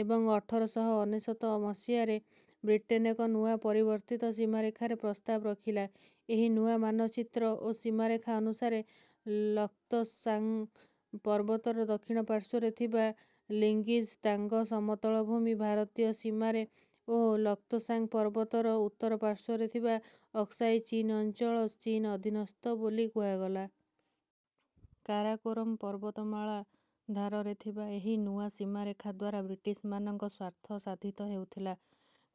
ଏବଂ ଅଠର ଶହ ଅନେଶତ ମସିହାରେ ବ୍ରିଟେନ୍ ଏକ ନୂଆ ଓ ପରିବର୍ତ୍ତିତ ସୀମାରେଖାର ପ୍ରସ୍ତାବ ରଖିଲା। ଏହି ନୂଆ ମାନଚିତ୍ର ଓ ସୀମାରେଖା ଅନୁସାରେ ଲକ୍ତ୍‌ସାଙ୍ଗ୍ ପର୍ବତର ଦକ୍ଷିଣ ପାର୍ଶ୍ୱରେ ଥିବା ଲିଙ୍ଗ୍‌ଜି ତାଙ୍ଗ୍ ସମତଳଭୂମି ଭାରତୀୟ ସୀମାରେ ଓ ଲକ୍ତ୍‌ସାଙ୍ଗ୍ ପର୍ବତର ଉତ୍ତର ପାର୍ଶ୍ୱରେ ଥିବା ଅକ୍ସାଇ ଚୀନ୍ ଅଞ୍ଚଳ ଚୀନ୍ ଅଧୀନସ୍ଥ ବୋଲି କୁହାଗଲା। କାରାକୋରମ୍ ପର୍ବତମାଳା ଧାରରେ ଥିବା ଏହି ନୂଆ ସୀମାରେଖା ଦ୍ୱାରା ବ୍ରିଟିଶ୍‌ମାନଙ୍କ ସ୍ୱାର୍ଥ ସାଧିତ ହେଉଥିଲା।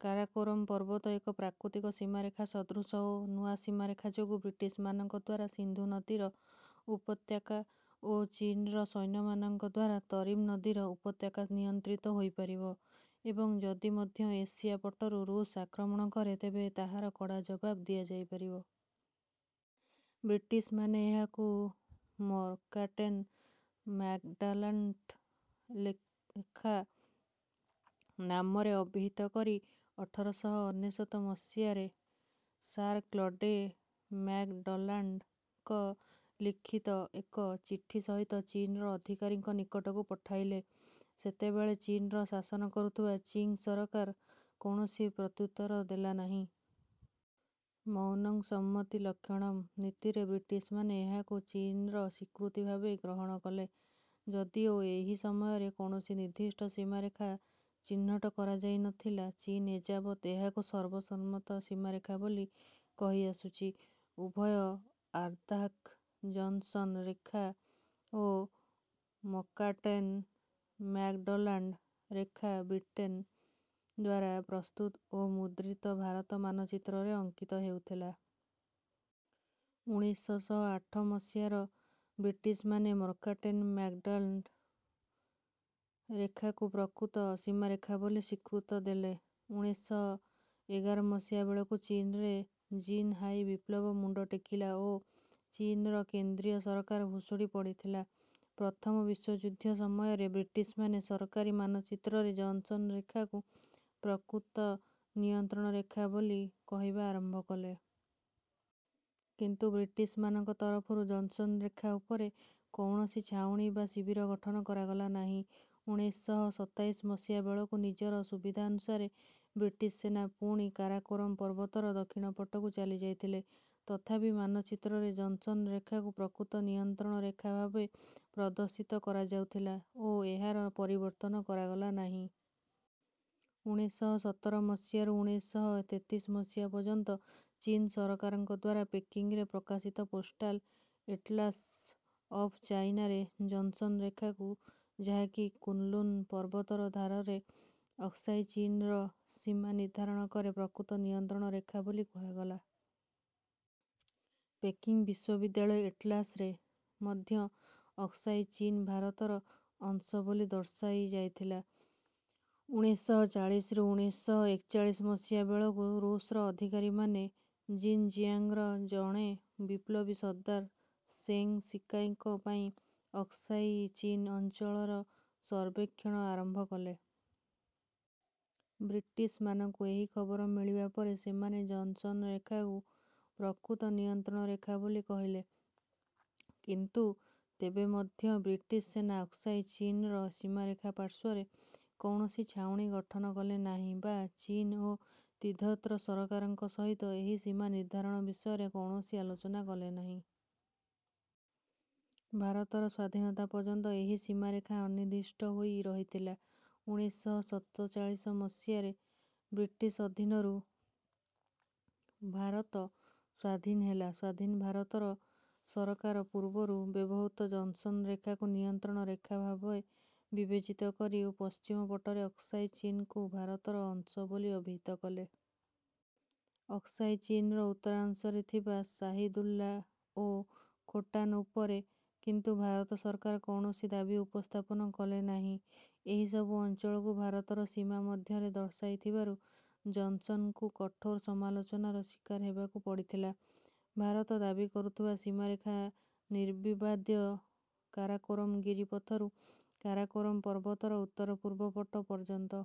କାରାକୋରମ୍ ପର୍ବତ ଏକ ପ୍ରାକୃତିକ ସୀମାରେଖା ସଦୃଶ ଓ ନୂଆ ସୀମାରେଖା ଯୋଗୁଁ ବ୍ରିଟିଶ୍‌ମାନଙ୍କ ଦ୍ୱାରା ସିନ୍ଧୁ ନଦୀର ଉପତ୍ୟକା ଓ ଚୀନ୍‌ର ସୈନିକମାନଙ୍କ ଦ୍ୱାରା ତରିମ୍ ନଦୀର ଉପତ୍ୟକା ନିୟନ୍ତ୍ରିତ ହୋଇପାରିବ ଏବଂ ଯଦି ମଧ୍ୟ ଏସିଆ ପଟରୁ ଋଷ୍ ଆକ୍ରମଣ କରେ ତେବେ ତାହାର କଡ଼ା ଜବାବ ଦିଆଯାଇପାରିବ। ବ୍ରିଟିଶ୍‌ମାନେ ଏହାକୁ ମର୍କାଟେନ୍ ମ୍ୟାକ୍‌ଡ଼ାଲାନ୍ଡ ରେଖା ନାମରେ ଅଭିହିତ କରି ଅଠର ଶହ ଅନେଶତ ମସିହାରେ ସାର୍ କ୍ଲଡେ ମ୍ୟାକ୍‌ଡନାଲ୍ଡ୍‌ଙ୍କ ଲିଖିତ ଏକ ଚିଠି ସହିତ ଚୀନ୍‌ର ଅଧିକାରୀଙ୍କ ନିକଟକୁ ପଠାଇଲେ। ସେତେବେଳେ ଚୀନ୍‌ର ଶାସନ କରୁଥିବା ଚିଙ୍ଗ୍ ସରକାର କୌଣସି ପ୍ରତ୍ୟୁତ୍ତର ଦେଲା ନାହିଁ। ମୌନଂ ସମ୍ମତି ଲକ୍ଷଣମ୍ ନୀତିରେ ବ୍ରିଟିଶ୍‌ମାନେ ଏହାକୁ ଚୀନ୍‌ର ସ୍ୱୀକୃତି ଭାବେ ଗ୍ରହଣ କଲେ। ଯଦିଓ ଏହି ସମୟରେ କୌଣସି ନିର୍ଦ୍ଦିଷ୍ଟ ସୀମାରେଖା ଚିହ୍ନଟ କରାଯାଇ ନ ଥିଲା, ଚୀନ୍ ଏଯାବତ୍ ଏହାକୁ ସର୍ବସମ୍ମତ ସୀମାରେଖା ବୋଲି କହିଆସୁଛି। ଉଭୟ ଆର୍ଦାଘ୍-ଜନ୍‌ସନ୍ ରେଖା ଓ ମକାର୍ଟ୍‌ନେ-ମ୍ୟାକ୍‌ଡନାଲ୍ଡ୍ ରେଖା ବ୍ରିଟେନ୍ ଦ୍ୱାରା ପ୍ରସ୍ତୁତ ଓ ମୁଦ୍ରିତ ଭାରତ ମାନଚିତ୍ରରେ ଅଙ୍କିତ ହେଉଥିଲା। ଉଣେଇଶ ଶହ ଆଠ ମସିହାରେ ବ୍ରିଟିଶ୍‌ମାନେ ମର୍କାଟେନ୍ ମ୍ୟାକ୍‌ଡଲ୍ଡ୍ ରେଖାକୁ ପ୍ରକୃତ ସୀମାରେଖା ବୋଲି ସ୍ୱୀକୃତି ଦେଲେ। ଉଣେଇଶ ଶହ ଏଗାର ମସିହା ବେଳକୁ ଚୀନରେ ଜିନ୍‌ହାଇ ବିପ୍ଳବ ମୁଣ୍ଡ ଟେକିଲା ଓ ଚୀନର କେନ୍ଦ୍ରୀୟ ସରକାର ଭୁଷୁଡ଼ି ପଡ଼ିଥିଲା। ପ୍ରଥମ ବିଶ୍ୱଯୁଦ୍ଧ ସମୟରେ ବ୍ରିଟିଶ୍‌ମାନେ ସରକାରୀ ମାନଚିତ୍ରରେ ଜନ୍‌ସନ୍ ରେଖାକୁ ପ୍ରକୃତ ନିୟନ୍ତ୍ରଣରେଖା ବୋଲି କହିବା ଆରମ୍ଭ କଲେ। କିନ୍ତୁ ବ୍ରିଟିଶ୍‌ମାନଙ୍କ ତରଫରୁ ଜନ୍‌ସନ୍ ରେଖା ଉପରେ କୌଣସି ଛାଉଣୀ ବା ଶିବିର ଗଠନ କରାଗଲା ନାହିଁ। ଉଣେଇଶ ଶହ ସତାଇଶ ମସିହା ବେଳକୁ ନିଜର ସୁବିଧାନୁସାରେ ବ୍ରିଟିଶ୍ ସେନା ପୁଣି କାରାକୋରମ୍ ପର୍ବତର ଦକ୍ଷିଣ ପଟକୁ ଚାଲିଯାଇଥିଲେ। ତଥାପି ମାନଚିତ୍ରରେ ଜନ୍‌ସନ୍ ରେଖାକୁ ପ୍ରକୃତ ନିୟନ୍ତ୍ରଣ ରେଖା ଭାବେ ପ୍ରଦର୍ଶିତ କରାଯାଉଥିଲା ଓ ଏହାର ପରିବର୍ତ୍ତନ କରାଗଲା ନାହିଁ। ଉଣେଇଶ ଶହ ସତର ମସିହାରୁ ଉଣେଇଶ ଶହ ତେତିଶ ମସିହା ପର୍ଯ୍ୟନ୍ତ ଚୀନ୍ ସରକାରଙ୍କ ଦ୍ୱାରା ପେକିଂରେ ପ୍ରକାଶିତ ପୋଷ୍ଟାଲ୍ ଏଟ୍‌ଲାସ୍ ଅଫ୍ ଚାଇନା ରେ ଜନ୍‌ସନ୍ ରେଖାକୁ ଯାହାକି କୁନ୍‌ଲୁନ୍ ପର୍ବତର ଧାରରେ ଅକ୍ସାଇ ଚୀନର ସୀମା ନିର୍ଦ୍ଧାରଣ କରି ପ୍ରକୃତ ନିୟନ୍ତ୍ରଣ ରେଖା ବୋଲି କୁହାଗଲା। ପେକିଂ ବିଶ୍ୱବିଦ୍ୟାଳୟ ଏଟ୍‌ଲାସ୍ ରେ ମଧ୍ୟ ଅକ୍ସାଇ ଚୀନ୍ ଭାରତର ଅଂଶ ବୋଲି ଦର୍ଶାଯାଇଥିଲା। ଉଣେଇଶ ଶହ ଚାଳିଶରୁ ଉଣେଇଶ ଶହ ଏକଚାଳିଶ ମସିହା ବେଳକୁ ଋଷ୍‌ର ଅଧିକାରୀମାନେ ଜିନ୍‌ଜିଆଙ୍ଗ୍‌ର ଜଣେ ବିପ୍ଳବୀ ସର୍ଦ୍ଦାର ଶେଙ୍ଗ୍ ଶିକାଇଙ୍କ ପାଇଁ ଅକ୍ସାଇ ଚୀନ୍ ଅଞ୍ଚଳର ସର୍ବେକ୍ଷଣ ଆରମ୍ଭ କଲେ। ବ୍ରିଟିଶ୍‌ମାନଙ୍କୁ ଏହି ଖବର ମିଳିବା ପରେ ସେମାନେ ଜନ୍‌ସନ୍ ରେଖାକୁ ପ୍ରକୃତ ନିୟନ୍ତ୍ରଣ ରେଖା ବୋଲି କହିଲେ। କିନ୍ତୁ ତେବେ ମଧ୍ୟ ବ୍ରିଟିଶ୍ ସେନା ଅକ୍ସାଇ ଚୀନର ସୀମାରେଖା ପାର୍ଶ୍ୱରେ କୌଣସି ଛାଉଣୀ ଗଠନ କଲେ ନାହିଁ ବା ଚୀନ୍ ଓ ତିବ୍ଦତର ସରକାରଙ୍କ ସହିତ ଏହି ସୀମା ନିର୍ଦ୍ଧାରଣ ବିଷୟରେ କୌଣସି ଆଲୋଚନା କଲେ ନାହିଁ। ଭାରତର ସ୍ୱାଧୀନତା ପର୍ଯ୍ୟନ୍ତ ଏହି ସୀମାରେଖା ଅନିର୍ଦ୍ଦିଷ୍ଟ ହୋଇ ରହିଥିଲା। ଉଣେଇଶ ଶହ ସତଚାଳିଶ ମସିହାରେ ବ୍ରିଟିଶ୍ ଅଧୀନରୁ ଭାରତ ସ୍ୱାଧୀନ ହେଲା। ସ୍ୱାଧୀନ ଭାରତର ସରକାର ପୂର୍ବରୁ ବ୍ୟବହୃତ ଜନ୍‌ସନ୍ ରେଖାକୁ ନିୟନ୍ତ୍ରଣ ରେଖା ଭାବେ ବିବେଚିତ କରି ଓ ପଶ୍ଚିମ ପଟରେ ଅକ୍ସାଇ ଚୀନ୍‌କୁ ଭାରତର ଅଂଶ ବୋଲି ଅଭିହିତ କଲେ। ଅକ୍ସାଇ ଚୀନ୍‌ର ଉତ୍ତରାଂଶରେ ଥିବା ଶାହିଦୁଲ୍ଲା ଓ ଖୋଟାନ୍ ଉପରେ କିନ୍ତୁ ଭାରତ ସରକାର କୌଣସି ଦାବି ଉପସ୍ଥାପନ କଲେ ନାହିଁ। ଏହି ସବୁ ଅଞ୍ଚଳକୁ ଭାରତର ସୀମା ମଧ୍ୟରେ ଦର୍ଶାଇଥିବାରୁ ଜନ୍‌ସନ୍‌ଙ୍କୁ କଠୋର ସମାଲୋଚନାର ଶିକାର ହେବାକୁ ପଡ଼ିଥିଲା। ଭାରତ ଦାବି କରୁଥିବା ସୀମାରେଖା ନିର୍ବିବାଦୀୟ କାରାକୋରମ୍ ଗିରିପଥରୁ କାରାକୋରମ୍ ପର୍ବତର ଉତ୍ତର ପୂର୍ବ ପଟ ପର୍ଯ୍ୟନ୍ତ।